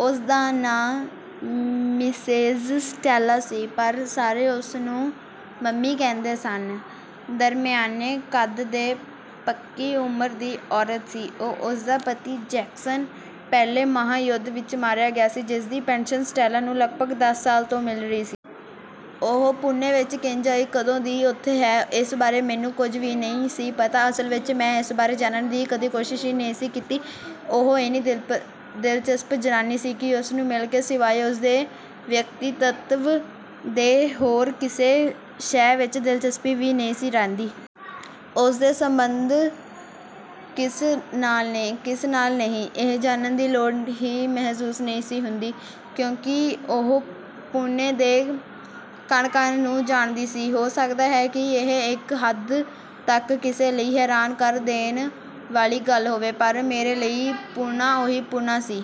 ਉਸਦਾ ਨਾਂ Mrs Stella ਸੀ, ਪਰ ਸਾਰੇ ਉਸਨੂੰ ਮੰਮੀ ਕਹਿੰਦੇ ਸਨ। ਦਰਮਿਆਨੇ ਕੱਦ ਤੇ ਪੱਕੀ ਉਮਰ ਦੀ ਔਰਤ ਸੀ ਉਹ। ਉਸਦਾ ਪਤੀ ਜੈਕਸਨ ਪਹਿਲੇ ਮਹਾ-ਯੁੱਧ ਵਿਚ ਮਾਰਿਆ ਗਿਆ ਸੀ। ਜਿਸਦੀ ਪੈਨਸ਼ਨ ਸਟੈਲਾ ਨੂੰ ਲਗਭਗ ਦਸ ਸਾਲ ਤੋਂ ਮਿਲ ਰਹੀ ਸੀ। ਉਹ ਪੂਨੇ ਵਿਚ ਕਿੰਜ ਆਈ?, ਕਦੋਂ ਦੀ ਉੱਥੇ ਹੈ?, ਇਸ ਬਾਰੇ ਮੈਨੂੰ ਕੁਝ ਵੀ ਨਹੀਂ ਸੀ ਪਤਾ। ਅਸਲ ਵਿਚ ਮੈਂ ਇਸ ਬਾਰੇ ਜਾਣਨ ਦੀ ਕਦੀ ਕੋਸ਼ਿਸ਼ ਹੀ ਨਹੀਂ ਸੀ ਕੀਤੀ। ਉਹ ਏਨੀ ਦਿਲਚਸਪ ਜਨਾਨੀ ਸੀ ਕਿ ਉਸਨੂੰ ਮਿਲ ਕੇ ਸਿਵਾਏ ਉਸਦੇ ਵਿਅੱਕਤੀਤਵ ਦੇ ਹੋਰ ਕਿਸੇ ਸ਼ੈ ਵਿਚ ਦਿਲਚਸਪੀ ਵੀ ਨਹੀਂ ਸੀ ਰਹਿੰਦੀ। ਉਸਦੇ ਸਬੰਧ ਕਿਸ ਨਾਲ ਨੇ, ਕਿਸ ਨਾਲ ਨਹੀਂ? ਇਹ ਜਾਣਨ ਦੀ ਲੋੜ ਹੀ ਮਹਿਸੂਸ ਨਹੀਂ ਸੀ ਹੁੰਦੀ, ਕਿਉਂਕਿ ਉਹ ਪੂਨੇ ਦੇ ਕਣ-ਕਣ ਨੂੰ ਜਾਣਦੀ ਸੀ। ਹੋ ਸਕਦਾ ਹੈ ਕਿ ਇਹ ਇਕ ਹੱਦ ਤੱਕ ਕਿਸੇ ਲਈ ਹੈਰਾਨ ਕਰ ਦੇਣ ਵਾਲੀ ਗੱਲ ਹੋਵੇ, ਪਰ ਮੇਰੇ ਲਈ ਪੂਨਾ ਉਹੀ ਪੂਨਾ ਸੀ।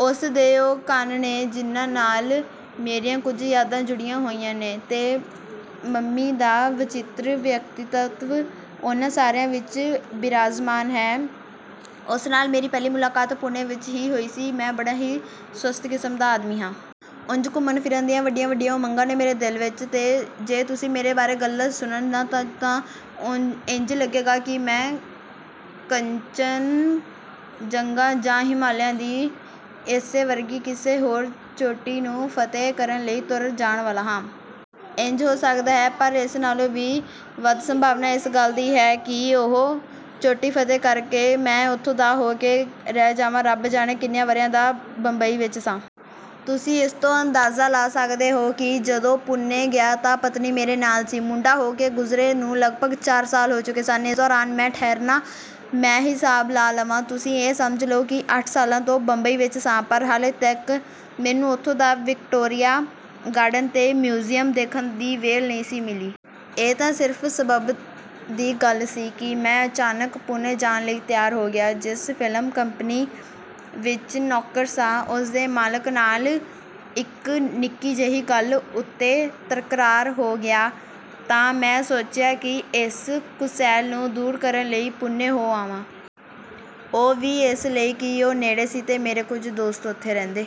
ਉਸਦੇ ਉਹ ਕਣ ਨੇ, ਜਿਹਨਾਂ ਨਾਲ ਮੇਰੀਆਂ ਕੁਝ ਯਾਦਾਂ ਜੁੜੀਆਂ ਹੋਈਆਂ ਨੇ ਤੇ ਮੰਮੀ ਦਾ ਵਚਿੱਤਰ ਵਿਅੱਕਤੀਤਵ ਉਹਨਾਂ ਸਾਰਿਆਂ ਵਿਚ ਬਿਰਾਜਮਾਨ ਹੈ। ਉਸ ਨਾਲ ਮੇਰੀ ਪਹਿਲੀ ਮੁਲਾਕਾਤ ਪੂਨੇ ਵਿਚ ਹੀ ਹੋਈ ਸੀ। ਮੈਂ ਬੜਾ ਹੀ ਸੁਸਤ ਕਿਸਮ ਦਾ ਆਦਮੀ ਹਾਂ। ਉਂਜ ਘੁੰਮਣ-ਫਿਰਨ ਦੀਆਂ ਵੱਡੀਆਂ-ਵੱਡੀਆਂ ਉਮੰਗਾਂ ਨੇ ਮੇਰੇ ਦਿਲ ਵਿਚ, ਤੇ ਜੇ ਤੁਸੀਂ ਮੇਰੇ ਬਾਰੇ ਗੱਲਾਂ ਸੁਣੋ ਤਾਂ ਤੁਹਾਨੂੰ ਇੰਜ ਲੱਗੇਗਾ ਕਿ ਮੈਂ ਕੰਚਨਜੰਗਾ ਜਾਂ ਹਿਮਾਲਿਆ ਦੀ ਇਸੇ ਵਰਗੀ ਕਿਸੇ ਹੋਰ ਚੋਟੀ ਨੂੰ ਫਤਿਹ ਕਰਨ ਲਈ ਤੁਰ ਜਾਣ ਵਾਲਾ ਹਾਂ। ਇੰਜ ਹੋ ਸਕਦਾ ਹੈ, ਪਰ ਇਸ ਨਾਲੋਂ ਵੀ ਵਧ ਸੰਭਾਵਨਾ ਇਸ ਗੱਲ ਦੀ ਹੈ ਕਿ ਉਹ ਚੋਟੀ ਫਤਿਹ ਕਰਕੇ ਮੈਂ ਉੱਥੋਂ ਦਾ ਹੋ ਕੇ ਹੀ ਰਹਿ ਜਾਵਾਂ। ਰੱਬ ਜਾਣੇ ਕਿੰਨੇ ਵਰ੍ਹਿਆਂ ਦਾ ਬੰਬਈ ਵਿਚ ਸਾਂ। ਤੁਸੀਂ ਇਸ ਤੋਂ ਅੰਦਾਜ਼ਾ ਲਾ ਸਕਦੇ ਹੋ ਕਿ ਜਦੋਂ ਪੂਨੇ ਗਿਆ ਤਾਂ ਪਤਨੀ ਮੇਰੇ ਨਾਲ ਸੀ। ਮੁੰਡਾ ਹੋ ਕੇ ਗੁਜਰੇ ਨੂੰ ਲਗਭਗ ਚਾਰ ਸਾਲ ਹੋ ਚੁੱਕੇ ਸਨ। ਇਸ ਦੌਰਾਨ ਮੈਂ ਠਹਿਰਨਾ, ਮੈਂ ਹਿਸਾਬ ਲਾ ਲਵਾਂ, ਤੁਸੀਂ ਇਹ ਸਮਝ ਲਓ ਕਿ ਅੱਠ ਸਾਲਾਂ ਤੋਂ ਬੰਬਈ ਵਿਚ ਸਾਂ, ਪਰ ਹਾਲੇ ਤੀਕ ਮੈਨੂੰ ਉੱਥੋਂ ਦਾ ਵਿਕਟੋਰੀਆ ਗਾਰਡਨ ਤੇ ਮਿਊਜ਼ਿਅਮ ਦੇਖਣ ਦੀ ਵਿਹਲ ਨਹੀਂ ਸੀ ਮਿਲੀ। ਇਹ ਤਾਂ ਸਿਰਫ ਸਬੱਬ ਦੀ ਗੱਲ ਸੀ ਕਿ ਮੈਂ ਅਚਾਨਕ ਪੂਨੇ ਜਾਣ ਲਈ ਤਿਆਰ ਹੋ ਗਿਆ। ਜਿਸ ਫ਼ਿਲਮ ਕੰਪਨੀ ਵਿਚ ਨੌਕਰ ਸਾਂ, ਉਸਦੇ ਮਾਲਕ ਨਾਲ ਇਕ ਨਿੱਕੀ-ਜਿਹੀ ਗੱਲ ਉੱਤੇ ਤਕਰਾਰ ਹੋ ਗਿਆ ਤਾਂ ਮੈਂ ਸੋਚਿਆ ਕਿ ਏਸ ਕੁਸੈਲ ਨੂੰ ਦੂਰ ਕਰਨ ਲਈ ਪੂਨੇ ਹੋ ਆਵਾਂ। ਉਹ ਵੀ ਇਸ ਲਈ ਕਿ ਉਹ ਨੇੜੇ ਸੀ ਤੇ ਮੇਰੇ ਕੁਝ ਦੋਸਤ ਉੱਥੇ ਰਹਿੰਦੇ